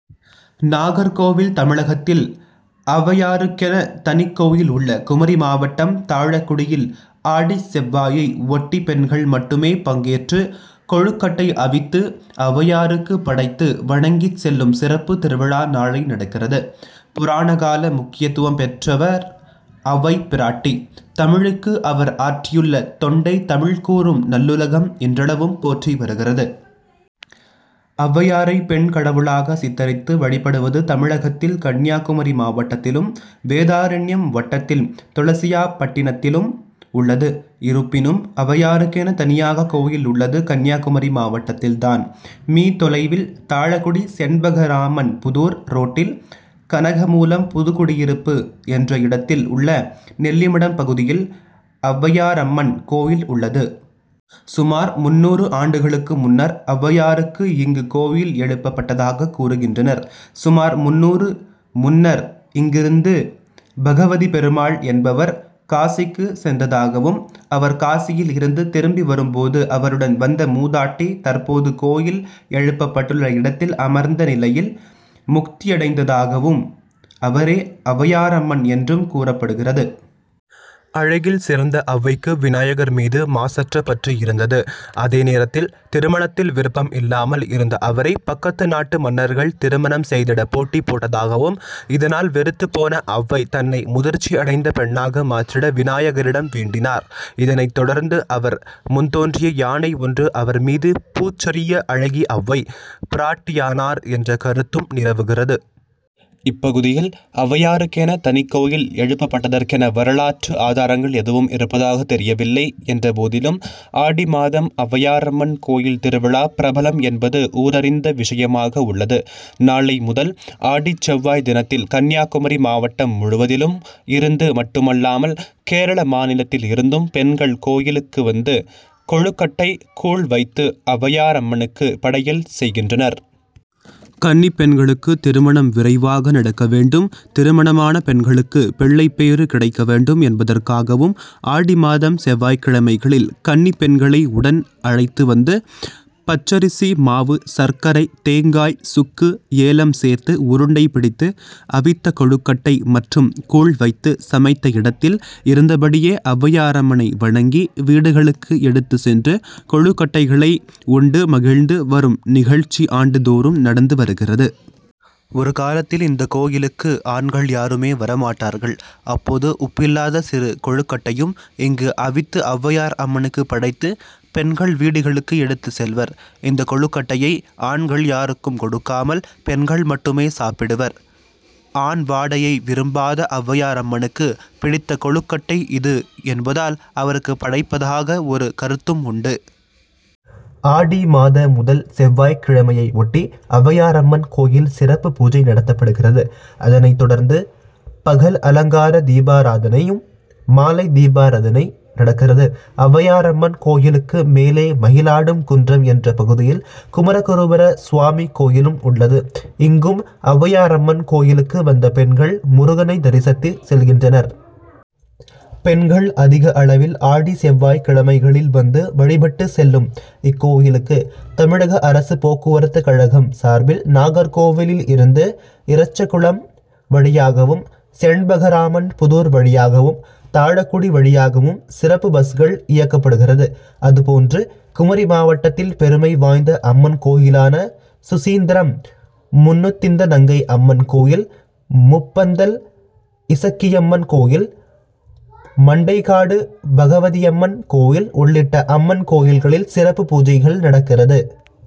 நாகர்கோவில் தமிழகத்தில் அவ்வையாருக்கென தனிக் கோயில் உள்ள குமரி மாவட்டம் தாழக்குடியில் ஆடிச் செவ்வாயை ஒட்டி பெண்கள் மட்டுமே பங்கேற்று கொழுக்கட்டை அவித்து அவ்வையாருக்கு படைத்து வணங்கிச் செல்லும் சிறப்பு திருவிழா நாளை நடக்கிறது. புராண கால முக்கியத்துவம் பெற்றவர் அவ்வை பிராட்டி. தமிழுக்கு அவர் ஆற்றியுள்ள தொண்டை தமிழ் கூறும் நல்லுலகம் இன்றளவும் போற்றி வருகிறது. அவ்வையாரை பெண் கடவுளாக சித்தரித்து வழிபடுவது தமிழகத்தில் கன்னியாகுமரி மாவட்டத்திலும், வேதாரண்யம் வட்டத்தில் துளசியாப்பட்டினத்திலும் உள்ளது. இருப்பினும் அவ்வையாருக்கென தனியாக கோயில் உள்ளது கன்னியாகுமரி மாவட்டத்தில் தான். மீ. தொலைவில் தாழக்குடி-செண்பகராமன்புதூர் ரோட்டில் கனகமூலம் புதுகுடியிருப்பு என்ற இடத்தில் உள்ள நெல்லிமடம் பகுதியில் அவ்வையாரம்மன் கோயில் உள்ளது. சுமார் முந்நூறு ஆண்டுகளுக்கு முன்னர் அவ்வையாருக்கு இங்கு கோயில் எழுப்பப் பட்டதாக கூறுகின்றனர். சுமார் முந்நூறு முன்னர் இங்கிருந்து பகவதிப் பெருமாள் என்பவர் காசிக்கு சென்றதாகவும், அவர் காசியில் இருந்து திரும்பி வரும்போது அவருடன் வந்த மூதாட்டி தற்போது கோயில் எழுப்பப்பட்டுள்ள இடத்தில் அமர்ந்த நிலையில் முக்தியடைந்ததாகவும், அவரே அவ்வையாரம்மன் என்றும் கூறப்படுகிறது. அழகில் சிறந்த அவ்வைக்கு விநாயகர் மீது மாசற்ற பற்று இருந்தது. அதே நேரத்தில் திருமணத்தில் விருப்பம் இல்லாமல் இருந்த அவரை பக்கத்து நாட்டு மன்னர்கள் திருமணம் செய்திட போட்டி போட்டதாகவும், இதனால் வெறுத்துப்போன அவ்வை, தன்னை முதிர்ச்சி அடைந்த பெண்ணாக மாற்றிட விநாயகரிடம் வேண்டினார். இதனை தொடர்ந்து அவர் முன்தோன்றிய யானை ஒன்று அவர் மீது பூச்சொரிய, அழகி அவ்வை, பிராட்டியானார் என்ற கருத்தும் நிலவுகிறது. இப்பகுதியில் அவ்வையாருக்கென தனிக் கோயில் எழுப்பப்பட்டதற்கென வரலாற்று ஆதாரங்கள் எதுவும் இருப்பதாக தெரியவில்லை என்றபோதிலும் ஆடி மாதம் அவ்வையாரம்மன் கோயில் திருவிழா பிரபலம் என்பது ஊரறிந்த விஷயமாக உள்ளது. நாளை முதல் ஆடிச் செவ்வாய் தினத்தில் கன்னியாகுமரி மாவட்டம் முழுவதிலும் இருந்து மட்டுமல்லாமல், கேரள மாநிலத்தில் இருந்தும் பெண்கள் கோயிலுக்கு வந்து கொழுக்கட்டை, கூழ் வைத்து அவ்வையாரம்மனுக்கு படையல் செய்கின்றனர். கன்னிப் பெண்களுக்கு திருமணம் விரைவாக நடக்க வேண்டும். திருமணமான பெண்களுக்கு பிள்ளைப்பேறு கிடைக்க வேண்டும் என்பதற்காகவும் ஆடி மாதம் செவ்வாய்க் கிழமைகளில் கன்னிப் பெண்களை உடன் அழைத்து வந்து பச்சரிசி மாவு, சர்க்கரை, தேங்காய், சுக்கு, ஏலம் சேர்த்து உருண்டை பிடித்து அவித்த கொழுக்கட்டை மற்றும் கூழ் வைத்து சமைத்த இடத்தில் இருந்தபடியே அவ்வையாரம்மனை வணங்கி வீடுகளுக்கு எடுத்து சென்று கொழுக்கட்டைகளை உண்டு மகிழ்ந்து வரும் நிகழ்ச்சி ஆண்டு தோறும் நடந்து வருகிறது. ஒரு காலத்தில் இந்தக் கோயிலுக்கு ஆண்கள் யாருமே வரமாட்டார்கள். அப்போது உப்பில்லாத சிறு கொழுக்கட்டையும் இங்கு அவித்து அவ்வையார் அம்மனுக்கு படைத்து பெண்கள் வீடுகளுக்கு எடுத்து செல்வர். இந்த கொழுக்கட்டையை ஆண்கள் யாருக்கும் கொடுக்காமல் பெண்கள் மட்டுமே சாப்பிடுவர். ஆண் வாடையை விரும்பாத அவ்வையாரம்மனுக்கு பிடித்த கொழுக்கட்டை இது என்பதால் அவருக்கு படைப்பதாக ஒரு கருத்தும் உண்டு. ஆடி மாத முதல் செவ்வாய் கிழமையை ஒட்டி அவ்வையாரம்மன் கோயில் சிறப்பு பூஜை நடத்தப்படுகிறது. அதனை தொடர்ந்து பகல் அலங்கார தீபாராதனையும், மாலை தீபாராதனை நடக்கிறது. அவ்வையாரம்மன் கோயிலுக்கு மேலே மயிலாடும் குன்றம் என்ற பகுதியில் குமரகுருபர சுவாமி கோயிலும் உள்ளது. இங்கும் அவ்வையாரம்மன் கோயிலுக்கு வந்த பெண்கள் முருகனை தரிசித்து செல்கின்றனர். பெண்கள் அதிக அளவில் ஆடி செவ்வாய் கிழமைகளில் வந்து வழிபட்டு செல்லும் இக்கோயிலுக்கு தமிழக அரசு போக்குவரத்து கழகம் சார்பில் நாகர்கோவிலில் இருந்து இறச்சகுளம், வழியாகவும், செண்பகராமன்புதூர் வழியாகவும், தாழக்குடி வழியாகவும் சிறப்பு பஸ்கள் இயக்கபடுகிறது. அதுபோன்று குமரி மாவட்டத்தில் பெருமை வாய்ந்த அம்மன் கோயிலான சுசீந்திரம் முன்னுதித்தநங்கைஅம்மன் கோயில், முப்பந்தல் இசக்கியம்மன் கோயில், மண்டைகாடு பகவதியம்மன்கோயில் உள்ளிட்ட அம்மன்கோயில்களில் சிறப்பு பூஜைகள் நடக்கிறது.